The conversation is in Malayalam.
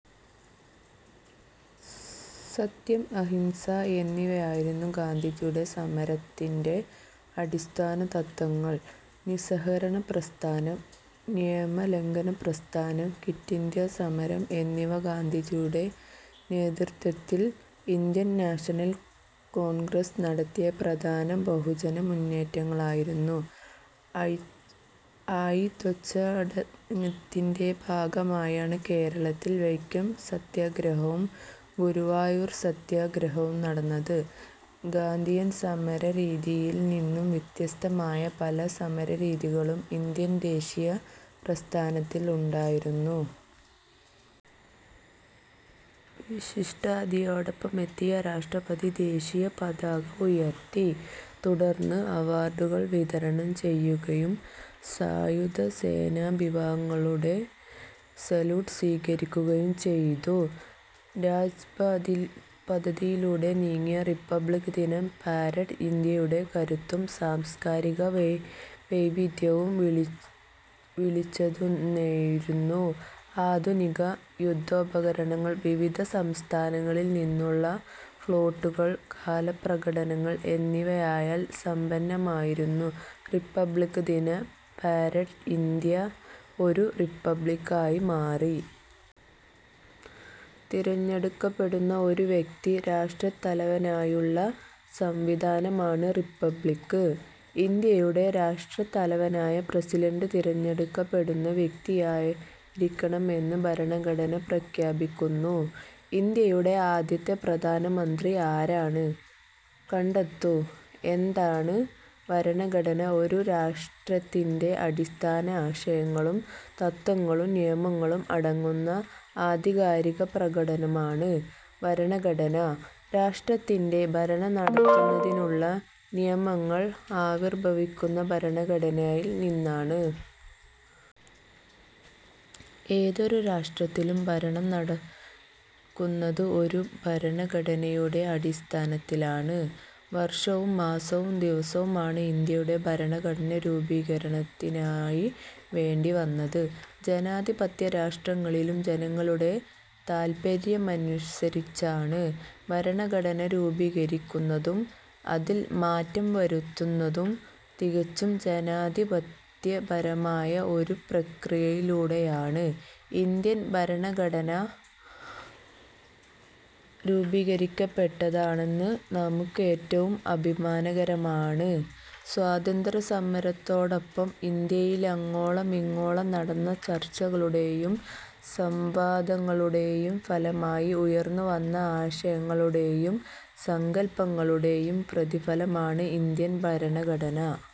സത്യം, അഹിംസ എന്നിവയായിരുന്നു ഗാന്ധിജിയുടെ സമരത്തിന്റെ അടിസ്ഥാനതത്ത്വങ്ങൾ. നിസ്സഹകരണ പ്രസ്ഥാനം, നിയമലംഘന പ്രസ്ഥാനം, ക്വിറ്റിന്ത്യാ സമരം എന്നിവ ഗാന്ധിജിയുടെ നേതൃത്വത്തിൽ ഇന്ത്യൻ നാഷണൽ കോൺഗ്രസ് നടത്തിയ പ്രധാന ബഹുജനമുന്നേറ്റങ്ങളായിരുന്നു. അയിത്തോച്ചാടനത്തിന്റെ ഭാഗമായാണ് കേരളത്തിൽ വൈക്കം സത്യഗ്രഹവും ഗുരു വായൂർ സത്യഗ്രഹവും നടന്നത്. ഗാന്ധിയൻ സമരരീതിയിൽ നിന്നും വ്യത്യസ്തമായ പല സമരരീതികളും ഇന്ത്യൻ ദേശീയ പ്രസ്ഥാനത്തിൽ ഉണ്ടായിരുന്നു. വിശിഷ്ടാതിഥിയോടൊപ്പമെത്തിയ രാഷ്ട്രപതി ദേശീയപതാക ഉയർത്തി. തുടർന്ന് അവാർഡുകൾ വിതരണം ചെയ്യുകയും സായുധസേനാവിഭാഗങ്ങളുടെ സല്യൂട്ട് സ്വീകരിക്കുകയും ചെയ്തു. രാജ്പഥിലൂടെ നീങ്ങിയ റിപ്പബ്ലിക്ദിന പരേഡ് ഇന്ത്യയുടെ കരുത്തും സാംസ്കാരിക വൈവിധ്യവും വിളിച്ചോതുന്നതായിരുന്നു. ആധുനിക യുദ്ധോപകരണങ്ങൾ, വിവിധ സംസ്ഥാനങ്ങളിൽ നിന്നുള്ള ഫ്ളോട്ടുകൾ, കലാപ്രകടനങ്ങൾ എന്നിവയാൽ സമ്പന്നമായിരുന്നു റിപ്പബ്ലിക്ദിന പരേഡ്. ഇന്ത്യ ഒരു റിപ്പബ്ലിക് ആയി മാറി. തിരഞ്ഞെടുക്കപ്പെടുന്ന ഒരു വ്യക്തി രാഷ്ട്രത്തലവനായുള്ള സംവിധാനമാണ് റിപ്പബ്ലിക്. ഇന്ത്യയുടെ രാഷ്ട്രതലവനായ പ്രസിഡന്റ്, തിരഞ്ഞെടുക്കപ്പെടുന്ന വ്യക്തിയായിരിക്കണമെന്ന് ഭരണഘടന പ്രഖ്യാപിക്കുന്നു. ഇന്ത്യയുടെ ആദ്യത്തെ പ്രധാനമന്ത്രി ആരാണ്? കണ്ടെത്തൂ. എന്താണ് ഭരണഘടന? ഒരു രാഷ്ട്രത്തിന്റെ അടിസ്ഥാന ആശയങ്ങളും തത്ത്വങ്ങളും നിയമങ്ങളും അടങ്ങുന്ന ആധികാരികപ്രമാണമാണ് ഭരണഘടന. രാഷ്ട്രത്തിന്റെ ഭരണം നടത്തുന്നതിനുള്ള നിയമങ്ങൾ ആവിർഭവിക്കുന്നത് ഭരണഘടനയിൽ നിന്നാണ്. ഏതൊരു രാഷ്ട്രത്തിലും ഭരണം നടക്കുന്നത് ഒരു ഭരണഘടനയുടെ അടിസ്ഥാനത്തിലാണ്. വർഷവും മാസവും ദിവസവുമാണ് ഇന്ത്യയുടെ ഭരണഘടനാരൂപീകരണത്തിനായി വേണ്ടി വന്നത്. ജനാധിപത്യ രാഷ്ട്രങ്ങളിൽ ജനങ്ങളുടെ താൽപര്യമനുസരിച്ചാണ് ഭരണഘടന രൂപീകരിക്കുന്നതും അതിൽ മാറ്റം വരുത്തുന്നതും. തികച്ചും ജനാധിപത്യപരമായ ഒരു പ്രക്രിയയിലൂടെയാണ് ഇന്ത്യൻ ഭരണഘടന രൂപീകരിക്കപ്പെട്ടതെന്നത് നമുക്കേറ്റവും അഭിമാനകരമാണ്. സ്വാതന്ത്ര്യസമരത്തോടൊപ്പം ഇന്ത്യയിലങ്ങോളമിങ്ങോളം നടന്ന ചർച്ചകളുടെയും സംവാദങ്ങളുടെയും ഫലമായി ഉയർന്നു വന്ന ആശയങ്ങളുടെയും സങ്കൽപ്പങ്ങളുടെയും പ്രതിഫലനമാണ് ഇന്ത്യൻ ഭരണഘടന.